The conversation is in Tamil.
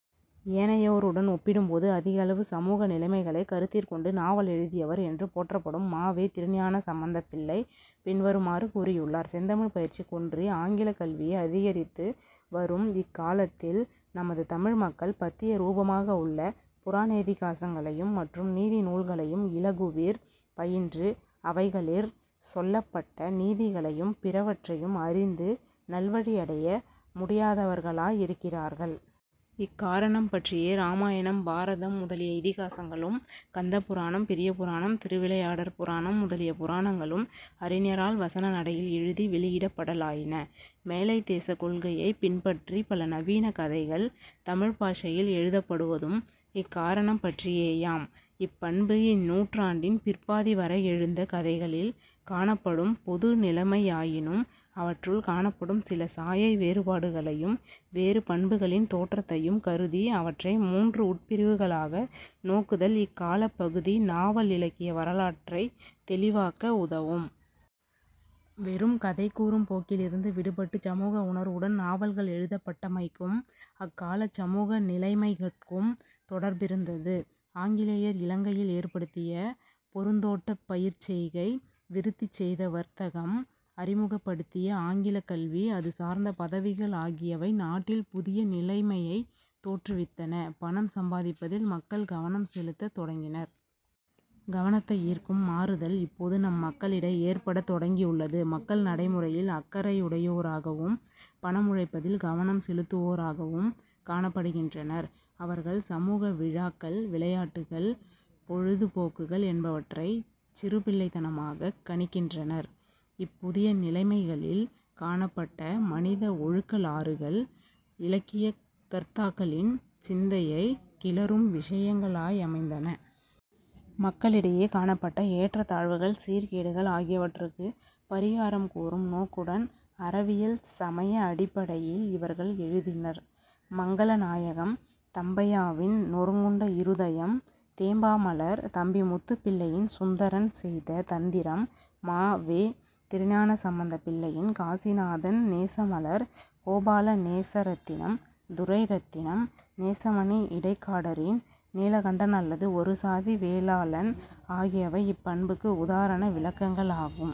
ஏனையோருடன் ஒப்பிடும்போது அதிகளவு சமூக நிலைமைகளைக் கருத்திற் கொண்டு நாவலெழுதியவர் என்று போற்றப்படும் ம. வே. திருஞானசம்பந்தபிள்ளை பின்வருமாறு கூறியுள்ளார். "செந்தமிழ்ப் பயிற்சி குன்றி ஆங்கிலக் கல்வியே அதிகரித்து வரும் இக் காலத்தில் நமது தமிழ் மக்கள் பத்திய ரூபமாகவுள்ள புராணேதிகாசங்களையும் மற்றும் நீதி நூல்களையும் இலகுவிற் பயின்று அவைகளிற் சொல்லப்பட்ட நீதிகளையும் பிறவற்றையும் அறிந்து நல்வழியடைய முடியாதவர்களாயிருக்கிறார்கள். இக் காரணம் பற்றியே இராமாயணம், பாரதம், முதலிய இதிகாசங்களும், கந்தபுராணம், பெரியபுராணம், திருவிளையாடற் புராணம் முதலிய புராணங்களும் அறிஞரால் வசன நடையில் எழுதி வௌியிடப்படலாயின. மேலைத்தேசக் கொள்கையைப் பின்பற்றிப் பல நவீன கதைகள் தமிழ்ப் பாஷையில் எழுதப்படுவதும் இக் காரணம் பற்றியேயாம். ". இப் பண்பு இந்நூற்றாண்டின் பிற்பாதி வரை எழுந்த கதைகளில் காணப்படும் பொது நிலைமையாயினும் அவற்றுள் காணப்படும் சில சாயை வேறுபாடுகளையும் வேறு பண்புகளின் தோற்றத்தையும் கருதி அவற்றை மூன்று உட்பிரிவுகளாக நோக்குதல் இக் காலப் பகுதி நாவல் இலக்கிய வரலாற்றைத் தௌிவாக்க உதவும். வெறும் கதை கூறும் போக்கிலிருந்து விடுபட்டு சமூக உணர்வுடன் நாவல்கள் எழுதப்பட்டமைக்கும் அக்காலச் சமூக நிலைமைகட்கும் தொடர்பிருந்தது. ஆங்கிலேயர் இலங்கையில் ஏற்படுத்திய பொருந்தோட்டப் பயிர்ச் செய்கை, விருத்தி செய்த வர்த்தகம், அறிமுகப்படுத்திய ஆங்கிலக் கல்வி, அதுசார்ந்த பதவிகள் ஆகியவை நாட்டில் புதிய நிலைமையைத் தோற்றுவித்தன. பணம் சம்பாதிப்பதில் மக்கள் கவனம் செலுத்தத் தொடங்கினர். "கவனத்தை ஈர்க்கும் மாறுதல் இப்போது நம் மக்களிடை ஏற்படத் தொடங்கியுள்ளது. மக்கள் நடை முறையில் அக்கறையுடையோராகவும் பணம் உழைப்பதில் கவனம் செலுத்துவோராகவும் காணப்படுகின்றனர். அவர்கள் சமூக விழாக்கள், விளையாட்டுகள், பொழுது போக்குகள் என்பவற்றைச் சிறுபிள்ளைத்தனமாகக் கணிக்கின்றனர். " இப் புதிய நிலைமைகளில் காணப்பட்ட மனித ஒழுக்கலாறுகள் இலக்கிய கர்த்தாக்களின் சிந்தையைக் கிளறும் விஷயங்களாயமைந்தன. மக்களிடையே காணப்பட்ட ஏற்றத் தாழ்வுகள், சீர்கேடுகள் ஆகியவற்றுக்கு பாிகாரம் கூறும் நோக்குடன் அறவியல் சமய அடிப்படையில் இவர்கள் எழுதினர். மங்களநாயகம் தம்பையாவின் நொறுங்குண்ட இருதயம் தேம்பாமலர் தம்பிமுத்துப்பிள்ளையின் சுந்தரன் செய்த தந்திரம் ம. வே. திருஞானசம்பந்த பிள்ளையின் காசிநாதன் நேசமலர் கோபாலநேசரத்தினம் துரைரத்தினம் நேசமணி இடைக்காடாின் நீலகண்டன் அல்லது ஒரு சாதி வேளாளன் ஆகியவை இப் பண்புக்கு உதாரண விளக்கங்களாகும்.